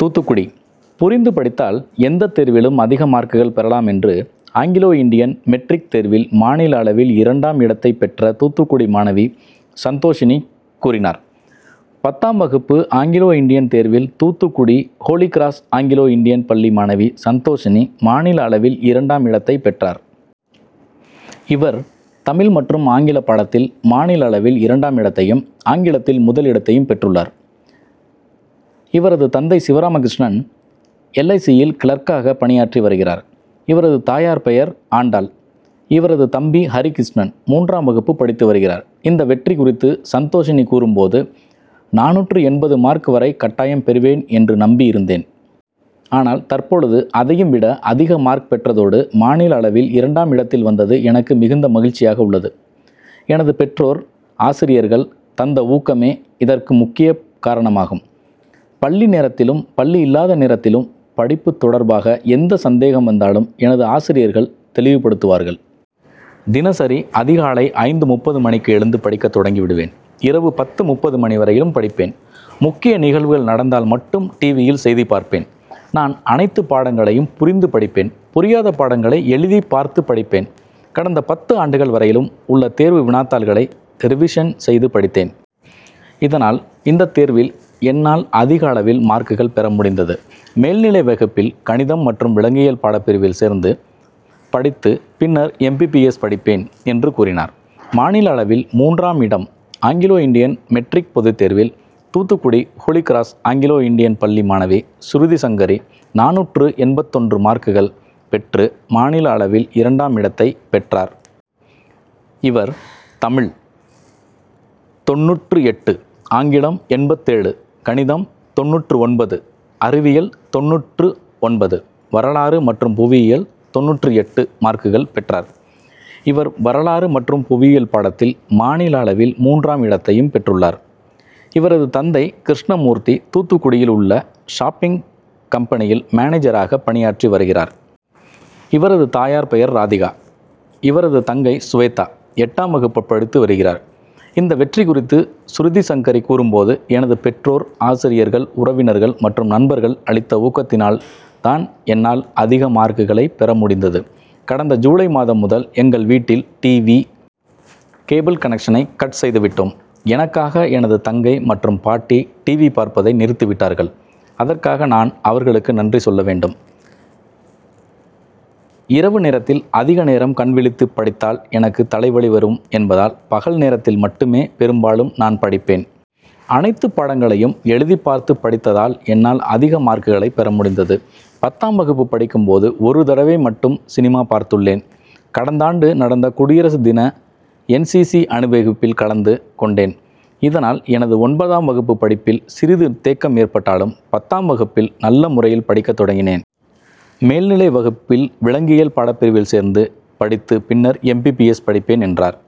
தூத்துக்குடி புரிந்து படித்தால் எந்த தேர்விலும் அதிக மார்க்குகள் பெறலாம் என்று ஆங்கிலோ இண்டியன் மெட்ரிக் தேர்வில் மாநில அளவில் இரண்டாம் இடத்தை பெற்ற தூத்துக்குடி மாணவி சந்தோஷிணி கூறினார். பத்தாம் வகுப்பு ஆங்கிலோ இண்டியன் தேர்வில் தூத்துக்குடி ஹோலிகிராஸ் ஆங்கிலோ இண்டியன் பள்ளி மாணவி சந்தோஷிணி மாநில அளவில் இரண்டாம் இடத்தை பெற்றார். இவர் தமிழ் மற்றும் ஆங்கில பாடத்தில் மாநில அளவில் இரண்டாம் இடத்தையும், ஆங்கிலத்தில் முதல் இடத்தையும் பெற்றுள்ளார். இவரது தந்தை சிவராமகிருஷ்ணன் எல்ஐசி.,யில் கிளார்க்காக பணியாற்றி வருகிறார். இவரது தாயார் பெயர் ஆண்டாள். இவரது தம்பி ஹரிகிருஷ்ணன் மூன்றாம் வகுப்பு படித்து வருகிறார். இந்த வெற்றி குறித்து சந்தோஷிணி கூறும் போது, நானூற்று எண்பது மார்க் வரை கட்டாயம் பெறுவேன் என்று நம்பி இருந்தேன். ஆனால் தற்போது அதையும் விட அதிக மார்க் பெற்றதோடு, மாநில அளவில் இரண்டாம் இடத்தில் வந்ததது எனக்கு மிகுந்த மகிழ்ச்சியாக உள்ளது. எனது பெற்றோர், ஆசிரியர்கள் தந்த ஊக்கமே இதற்கு முக்கிய காரணமாகும். பள்ளி நேரத்திலும், பள்ளி இல்லாத நேரத்திலும் படிப்பு தொடர்பாக எந்த சந்தேகம் வந்தாலும் எனது ஆசிரியர்கள் தெளிவுபடுத்துவார்கள். தினசரி அதிகாலை ஐந்து.முப்பது மணிக்கு எழுந்து படிக்க தொடங்கி விடுவேன். இரவில் பத்து.முப்பது மணி வரையிலும் படிப்பேன். முக்கிய நிகழ்வுகள் நடந்தால் மட்டும் டிவியில் செய்தி பார்ப்பேன். நான் அனைத்து பாடங்களையும் புரிந்து படிப்பேன். புரியாத பாடங்களை எழுதிபார்த்து படிப்பேன். கடந்த பத்து ஆண்டுகள் வரையிலும் உள்ள தேர்வு வினாத்தாள்களை ரிவிஷன் செய்து படித்தேன். இதனால் இந்த தேர்வில் என்னால் அதிக அளவில் மார்க்குகள் பெற முடிந்தது. மேல்நிலை வகுப்பில் கணிதம் மற்றும் விலங்கியல் பாடப்பிரிவில் சேர்ந்து படித்து பின்னர் எம்பிபிஎஸ்., படிப்பேன் என்று கூறினார். மாநில அளவில் மூன்றாம் இடம் அங்கிலோ இண்டியன் மெட்ரிக் பொதுத்தேர்வில் தூத்துக்குடி ஹோலிகிராஸ் ஆங்கிலோ இண்டியன் பள்ளி மாணவி சுருதிசங்கரி நானூற்று எண்பத்தொன்று மார்க்குகள் பெற்று மாநில அளவில் இரண்டாம் இடத்தை பெற்றார். இவர் தமிழ் - தொண்ணூற்று எட்டு, ஆங்கிலம் - எண்பத்தேழு, கணிதம்-தொண்ணூற்று ஒன்பது, அறிவியல்-தொண்ணூற்று ஒன்பது, வரலாறு மற்றும் புவியியல்-தொண்ணூற்று எட்டு மார்க்குள் பெற்றார். இவர் வரலாறு மற்றும் புவியியல் பாடத்தில் மாநில அளவில் மூன்றாம் இடத்தையும் பெற்றுள்ளார். இவரது தந்தை கிருஷ்ணமூர்த்தி தூத்துக்குடியில் உள்ள ஷிப்பிங் கம்பெனியில் மேனேஜராக பணியாற்றி வருகிறார். இவரது தாயார் பெயர் ராதிகா. இவரது தங்கை சுவேதா எட்டாம் வகுப்பு படித்து வருகிறார். இந்த வெற்றி குறித்து சுருதிசங்கரி கூறும் போது, எனது பெற்றோர், ஆசிரியர்கள், உறவினர்கள் மற்றும் நண்பர்கள் அளித்த ஊக்கத்தினால் தான் என்னால் அதிக மார்க்குகளை பெற முடிந்தது. கடந்த ஜுலை மாதம் முதல் எங்கள் வீட்டில் டிவி. கேபிள் கனெக்ஷனை கட் செய்துவிட்டோம். எனக்காக எனது தங்கை மற்றும் பாட்டி டிவி., பார்ப்பதை நிறுத்திவிட்டார்கள். அதற்காக நான் அவர்களுக்கு நன்றி செல்ல வேண்டும். இரவு நேரத்தில் அதிக நேரம் கண்விழித்து படித்தால் எனக்கு தலைவலி வரும் என்பதால் பகல் நேரத்தில் மட்டுமே பெரும்பாலும் நான் படிப்பேன். அனைத்து பாடங்களையும் எழுதி பார்த்து படித்ததால் என்னால் அதிக மார்க்குகளை பெற முடிந்தது. பத்தாம் வகுப்பு படிக்கும் போது ஒரு தடவை மட்டும் சினிமா பார்த்துள்ளேன். கடந்தாண்டு நடந்த குடியரசு தின என்சிசி., அணிவகுப்பில் கலந்து கொண்டேன். இதனால் எனது ஒன்பதாம் வகுப்பு படிப்பில் சிறிது தேக்கம் ஏற்பட்டாலும், பத்தாம் வகுப்பில் நல்ல முறையில் படிக்க தொடங்கினேன். மேல்நிலை வகுப்பில் விலங்கியல் பாடப்பிரிவில் சேர்ந்து படித்து பின்னர் எம்பிபிஎஸ்., படிப்பேன் என்றார்.